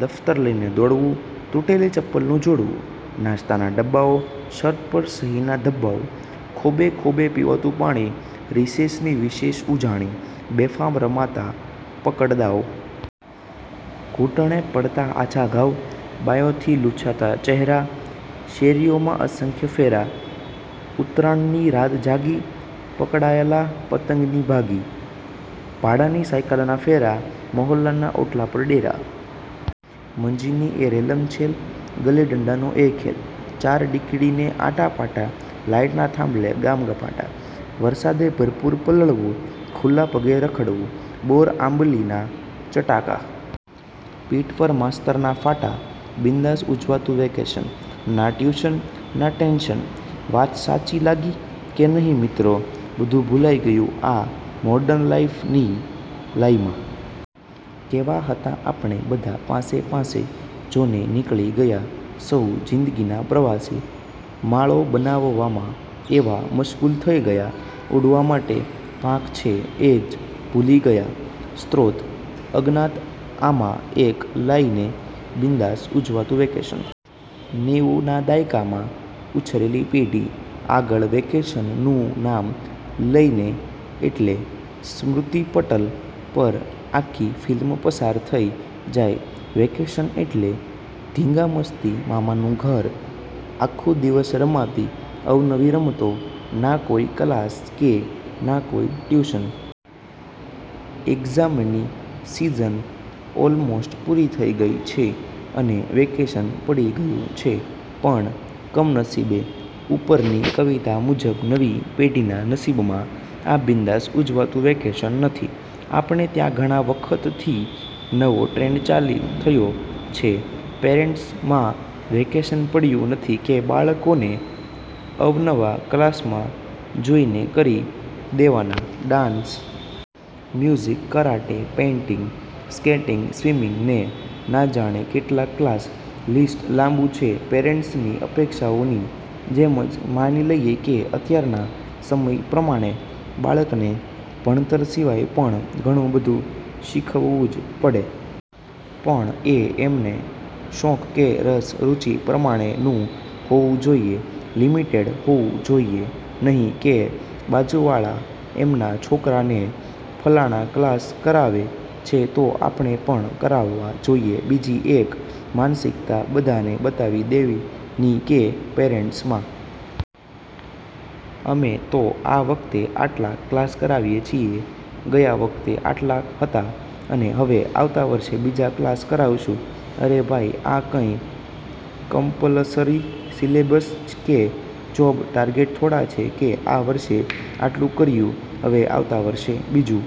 દફતર લઈને દોડવુ! તૂટેલી ચપ્પલ નું જોડવું! નાશ્તા ના ડબ્બાઓ! શર્ટ પર સહીના ધબ્બાઓ! ખોબે ખોબે પીવાતું પાણી! રીસેસ ની વિશેષ ઉજાણી! બેફામ રમાતા પકડ દાવ! ઘૂંટણ એ પડતા આછા ઘાવ! બાયોં થી લુંછાતા ચેહરા! શેરીઓમાં અસંખ્ય ફેરાં! ઉતરાણ ની રાત જાગી! પકડાયલા પતંગ ની ભાગી! ભાડાં ની સાયકલ નાં ફેરાં! મહોલ્લાના ઓટલા પર ડેરા! મંજી ની રેલમ છેલ! ગીલ્લી ડંડા નો એ ખેલ! ચાર ઠીકડી ને આટા પાટા! લાઈટના થાંભલે ગામગપાટા! વરસાદે ભરપૂર પલળવું! ખુલ્લા પગે રખડવું! બોર આમલી નાં ચટાકા! પીઠ પર માસ્તર ના ફટાકા! બિન્દાસ્ત ઉજવાતું વેકેશન! નાં ટ્યુશન નાં ટેન્શન! વાત સાચી લાગી! કે નહિ મિત્રો!! બધું ભૂલાઈ ગયું..!! આ મોર્ડન લાઈફ ની લાઇ માં! કેવાં હતાં આપણે બધાં પાસે-પાસે? જો ને નીકળી ગયા સહુ જીંદગીના પ્રવાસે! માળો બનાવવામાં એવા મશગુલ થઇ ગયા; ઉડવા માટે પાંખ છે એજ ભૂલી ગયા! સ્ત્રોત: અજ્ઞાત આમાં એક લાઈન છે, બિન્દાસ ઉજવાતું વેકેશન. નેવુ ના દાયકામાં ઉછરેલી પેઢી આગળ વેકેશન નું નામ લાઇએને એટલે સ્મૃતિપટલ પર આખ્ખી ફિલ્મ પસાર થઈ જાય. વેકેશન એટલે ધીંગામસ્તી, મામાનું ઘર, આખ્ખો દિવસ રમાતી અવનવી રમતો, ના કોઈ કલાસ કે ના કોઈ ટ્યુશન.. એક્ઝામ્સ ની સીઝન ઓલમોસ્ટ પુરી થઈ ગઈ છે અને વેકેશન પડી ગયુ છે. પણ કમનસીબે ઉપરની કવિતા મુજબ નવી પેઢીના નસીબમાં આ બિન્દાસ ઉજવાતું વેકેશન નથી.. આપણે ત્યાં ઘણાં વખતથી નવો ટ્રેન્ડ ચાલુ થયો છે પેરેન્ટ્સ માં, વેકેશન પડ્યું નથી કે બાળકોને અવનવા ક્લાસમાં જોઈન કરી દેવાના..ડાન્સ, music, karate, painting, skating, swimming ને ના જાણે કેટલાક કલાસ.. લિસ્ટ લાબું છે, પેરેન્ટ્સ ની અપેક્ષાઓ ની જેમ જ. માની લઈએ કે અત્યારના સમય પ્રમાણે બાળકને ભણતર સિવાય પણ ઘણું બધુ શીખવવું જ પડે. પણ એ એમના શોખ કે રસ રુચિ પ્રમાણેનું હોવું જોઈએ, લિમિટેડ હોવું જોઈએ. નહિ કે બાજુવાળા એમના છોકરા ને ફલાણા કલાસ કરાવે છે તો આપણે પણ કરાવવા જોઈએ. બીજી એક માનસિકતા બધાને બતાવી દેવાની છે પેરેન્ટ્સ માં. અમે તો આ વખતે આટલા કલાસ કરાવીએ છીએ. ગયા વખતે આટલા હતા, અને હવે આવતા વર્ષે બીજા કલાસ કરાવશું.. અરે ભાઈ, આ કંઈ કમ્પલસરી સિલેબસ કે જોબ ટાર્ગેટ થોડો છે કે આ વર્ષે આટલુ કર્યુ હવે આવતા વર્ષે બીજું..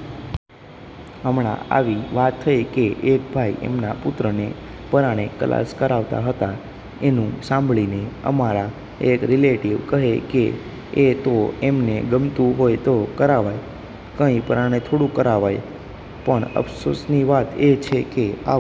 હમણાંજ આવી વાત થઇ કે એક ભાઈ એમના પુત્રને પરાણે કોઈ કલાસ કરાવતા હતા. એનું સાંભળીને અમારા એક રિલેટિવ કહે કે એ તો એને ગમતું હોય તો કરાવાય, કંઈ પરાણે થોડું કરાવાય.. પણ અફસોસની વાત એ છે કે આવું